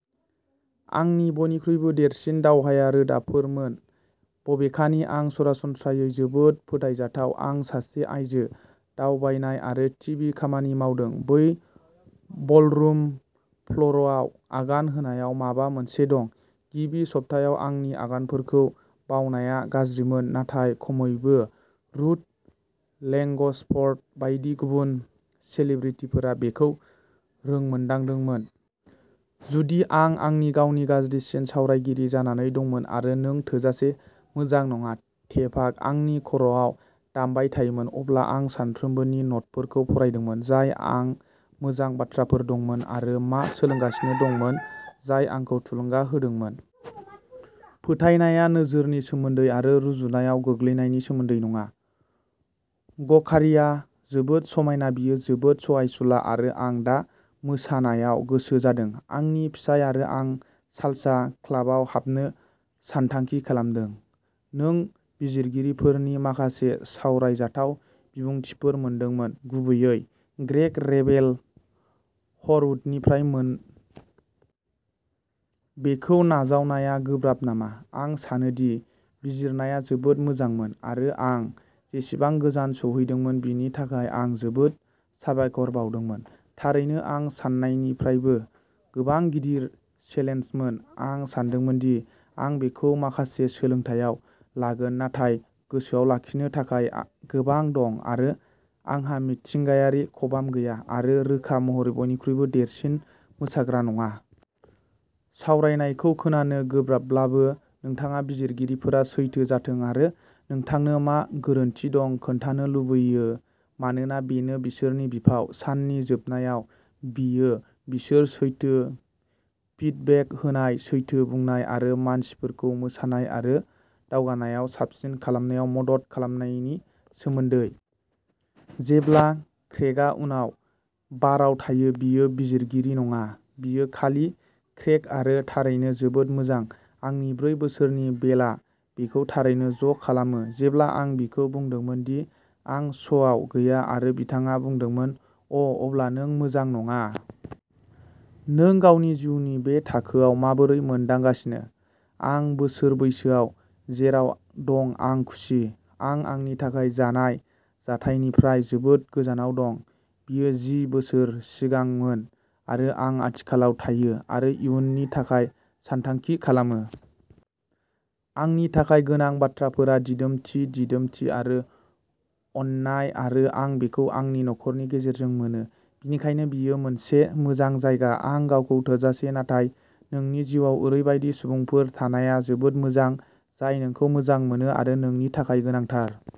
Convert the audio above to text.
"आंनि बयनिख्रुइबो देरसिन दावहाया रोदाफोरमोन। बबेखानि आं सरासनस्रायै जोबोद फोथायजाथाव-आं सासे-आइजो दावबायनाय आरो टिभि खामानि मावदों-बै बलरुम फ्ल'रआव आगान होनायाव माबा मोनसे दं! गिबि सप्तायाव आंनि आगानफोरखौ बावनाया गाज्रिमोन, नाथाय खमैबो रुथ लेंग्सफर्ड बायदि गुबुन सेलिब्रिटिफोरा बेखौ रोंमोन्दांदोंमोन। " जुदि आं आंनि गावनि गाज्रिसिन सावरायगिरि जानानै दंमोन आरो'नों थोजासे मोजां नङा'टेपआ आंनि खर'आव दामबाय थायोमोन, अब्ला आं सानफ्रोमबोनि न'टफोरखौ फरायदोंमोन, जाय आं मोजां बाथ्राफोर दंमोन आरो मा सोलोंगासिनो दंमोन, जाय आंखौ थुलुंगा होदोंमोन। "फोथायनाया नोजोरनि सोमोन्दै आरो रुजुनायाव गोग्लैनायनि सोमोन्दै नङा। गर्काया जोबोद समायना, बियो जोबोद सहायसुला आरो आं दा मोसानायाव गोसो जादों। आंनि फिसाय आरो आं सालसा क्लाबाव हाबनो सानथांखि खालामदों। " नों बिजिरगिरिफोरनि माखासे सावरायजाथाव बिबुंथिफोर मोनदोंमोन, गुबैयै क्रेग रेभेल हरवुडनिफ्राय-मोन। बेखौ नाजावनाया गोब्राब नामा? "आं सानो दि बिजिरनाया जोबोद मोजांमोन, आरो आं जेसेबां गोजान सौहैदोंमोन बेनि थाखाय आं जोबोद साबायखर बावदोंमोन। थारैनो आं सान्नायनिफ्रायबो गोबां गिदिर चेलेन्जमोन। आं सानदोंमोन दि आं बेखौ माखासे सोलोंथायाव लागोन नाथाय गोसोआव लाखिनो थाखाय गोबां दं-आरो आंहा मिथिंगायारि खबाम गैया आरो रोखा महरै बयनिख्रुइबो देरसिन मोसाग्रा नङा! " सावरायनायखौ खोनानो गोब्राबब्लाबो, नोंथाङा बिजिरगिरिफोरा सैथो जाथों आरो नोंथांनो मा गोरोन्थि दं खोन्थानो लुगैयो मानोना बेनो बिसोरनि बिफाव। साननि जोबनायाव, बेयो बिसोर सैथो फिडबेक होनाय, सैथो बुंनाय आरो मानसिफोरखौ मोसानाय आरो दावगानायाव साबसिन खालामनायाव मदद खालामनायनि सोमोन्दै। "जेब्ला क्रेगआ उनाव बाराव थायो, बियो बिजिरगिरि नङा, बियो खालि क्रेग आरो थारैनो जोबोद मोजां। आंनि ब्रै बोसोरनि, बेलआ, बेखौ थारैनो ज'खालामो, जेब्ला आं बिखौ बुंदोंमोन दि आं श'आव गैया आरो बिथाङा बुंदोंमोन,'अ', अब्ला नों मोजां नङा! '"नों गावनि जिउनि बे थाखोआव माबोरै मोनदांगासिनो? " आं बोसोर बैसोआव जेराव दं आं खुसि। आं आंनि थाखाय जानाय जाथायनिफ्राय जोबोद गोजानाव दं-बेयो जि बोसोर सिगांमोन-आरो आं आथिखालाव थायो आरो इयुननि थाखाय सानथांखि खालामो। आंनि थाखाय गोनां बाथ्राफोरा दिदोमथि, दिदोमथि आरो अननाय, आरो आं बेखौ आंनि नखरनि गेजेरजों मोनो, बेनिखायनो बेयो मोनसे मोजां जायगा। "आं गावखौ-थोजासे, नाथाय नोंनि जिउआव ओरैबायदि सुबुंफोर थानाया जोबोद मोजां, जाय नोंखौ मोजां मोनो आरो नोंनि थाखाय गोनांथार।